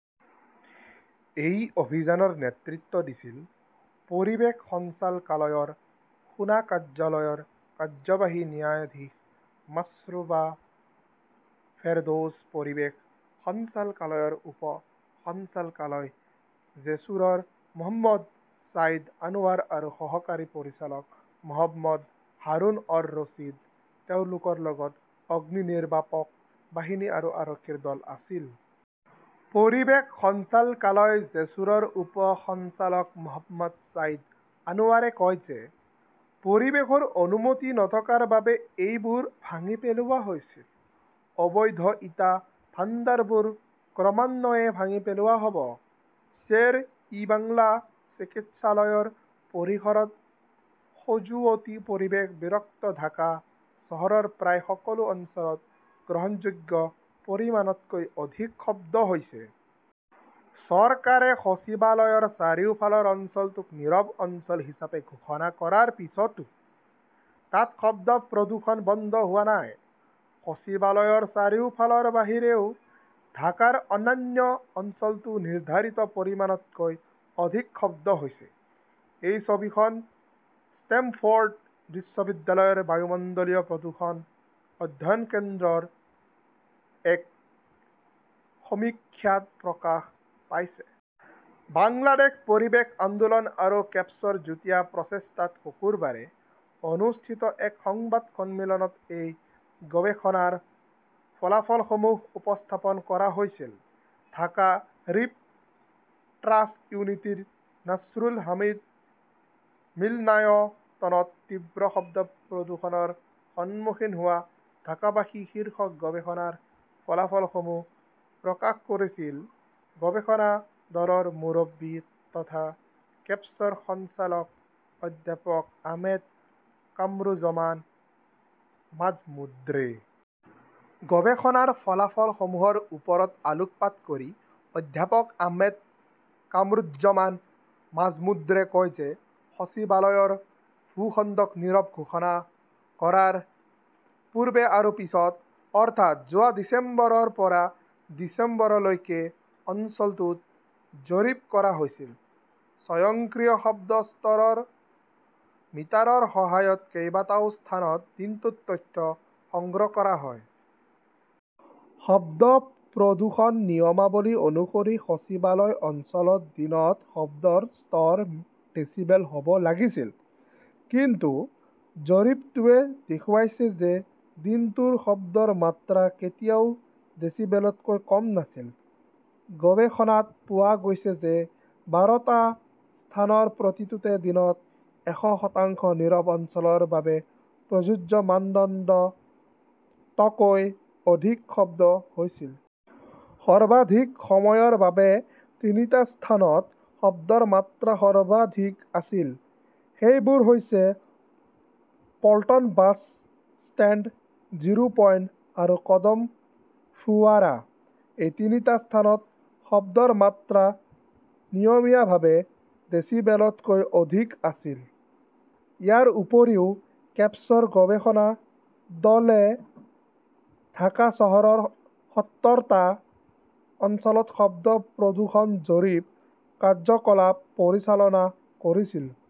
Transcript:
এই অভিযানৰ নেতৃত্ব দিছিল পৰিৱেশ সঞ্চালকালয়ৰ খুনা কাৰ্যালয়ৰ কাৰ্যবাহী ন্যায়াধীশ মাশ্ৰুবা ফেৰদৌছ, পৰিৱেশ সঞ্চালকালয়ৰ উপ সঞ্চালকালয় জেছুৰৰ মহম্মদ ছাইদ আনৱাৰ আৰু সহকাৰী পৰিচালক মহম্মদ হাৰুন-অৰ-ৰছিদ। তেওঁলোকৰ লগত অগ্নিনিৰ্বাপক বাহিনী আৰু আৰক্ষীৰ দল আছিল। পৰিৱেশ সঞ্চালকালয়, জেছুৰৰ উপ সঞ্চালক মহম্মদ ছাইদ আনৱাৰে কয় যে পৰিৱেশৰ অনুমতি নথকাৰ বাবে এইবোৰ ভাঙি পেলোৱা হৈছিল। অবৈধ ইটা ভাণ্ডাৰবোৰ ক্ৰমান্বয়ে ভাঙি পেলোৱা হ'ব। শ্বেৰ-ই-বাংলা চিকিৎসালয়ৰ পৰিসৰত খজুৱতি, পৰিৱেশ বিৰক্ত ঢাকা চহৰৰ প্ৰায় সকলো অঞ্চলত গ্ৰহণযোগ্য পৰিমাণতকৈ অধিক শব্দ হৈছে। চৰকাৰে সচিবালয়ৰ চাৰিওফালৰ অঞ্চলটোক নীৰৱ অঞ্চল হিচাপে ঘোষণা কৰাৰ পিছতো তাত শব্দ প্ৰদূষণ বন্ধ হোৱা নাই। সচিবালয়ৰ চাৰিওফালৰ বাহিৰেও ঢাকাৰ অন্যান্য অঞ্চলতো নিৰ্ধাৰিত পৰিমাণতকৈ অধিক শব্দ হৈছে। এই ছবিখন ষ্টেমফৰ্ড বিশ্ববিদ্যালয়ৰ বায়ুমণ্ডলীয় প্ৰদূষণ অধ্যয়ন কেন্দ্ৰৰ এক সমীক্ষাত প্ৰকাশ পাইছে। বাংলাদেশ পৰিৱেশ আন্দোলন আৰু কেপছৰ যুটীয়া প্ৰচেষ্টাত শুকুৰবাৰে অনুষ্ঠিত এক সংবাদ সন্মিলনত এই গৱেষণাৰ ফলাফলসমূহ উপস্থাপন কৰা হৈছিল। ঢাকা ৰিপ "ৰ্টাৰ্ছ ইউনিটিৰ নাছৰুল হামিদ মিলনায়তনত 'তীব্ৰ শব্দ প্ৰদূষণৰ সন্মুখীন হোৱা ঢাকাবাসী" শীৰ্ষক গৱেষণাৰ ফলাফলসমূহ প্ৰকাশ কৰিছিল গৱেষণা দলৰ মুৰব্বী তথা কেপছৰ সঞ্চালক অধ্যাপক আহমেদ কামৰুজমান মাজমুদ্ৰে। গৱেষণাৰ ফলাফলসমূহৰ ওপৰত আলোকপাত কৰি অধ্যাপক আহমেদ কামৰুজ্জমান মাজমুদ্ৰে কয় যে সচিবালয়ৰ ভূখণ্ডক নীৰৱ ঘোষণা কৰাৰ পূৰ্বে আৰু পিছত, অৰ্থাৎ যোৱা ডিচেম্বৰৰ পৰা ডিচেম্বৰলৈকে অঞ্চলটোত জৰীপ কৰা হৈছিল। স্বয়ংক্ৰিয় শব্দ স্তৰৰ মিটাৰৰ সহায়ত কেইবাটাও স্থানত দিনটোত তথ্য সংগ্ৰহ কৰা হয়। শব্দ প্ৰদূষণ নিয়মাৱলী অনুসৰি সচিবালয় অঞ্চলত দিনত শব্দৰ স্তৰ ডেছিবেল হ 'ব লাগিছিল। কিন্তু জৰীপটোৱে দেখুৱাইছে যে দিনটোৰ শব্দৰ মাত্ৰা কেতিয়াও ডেসিবেলতকৈ কম নাছিল। গৱেষণাত পোৱা গৈছে যে বাৰটা স্থানৰ প্ৰতিটোতে দিনত এশ শতাংশ নীৰৱ অঞ্চলৰ বাবে প্ৰযোজ্য মানদণ্ড তকৈ অধিক শব্দ হৈছিল। সৰ্বাধিক সময়ৰ বাবে তিনিটা স্থানত শব্দৰ মাত্ৰা সৰ্বাধিক আছিল। সেইবোৰ হৈছে Paltan bus stand, zero point আৰু কদম ফোৱাৰা। এই তিনিটা স্থানত শব্দৰ মাত্ৰা নিয়মীয়াভাৱে ডেসিবেলতকৈ অধিক আছিল। ইয়াৰ উপৰিও, কেপছৰ গৱেষণা দলে ঢাকা চহৰৰ সত্তৰ টা অঞ্চলত শব্দ প্ৰদূষণ জৰীপ কাৰ্যকলাপ পৰিচালনা কৰিছিল।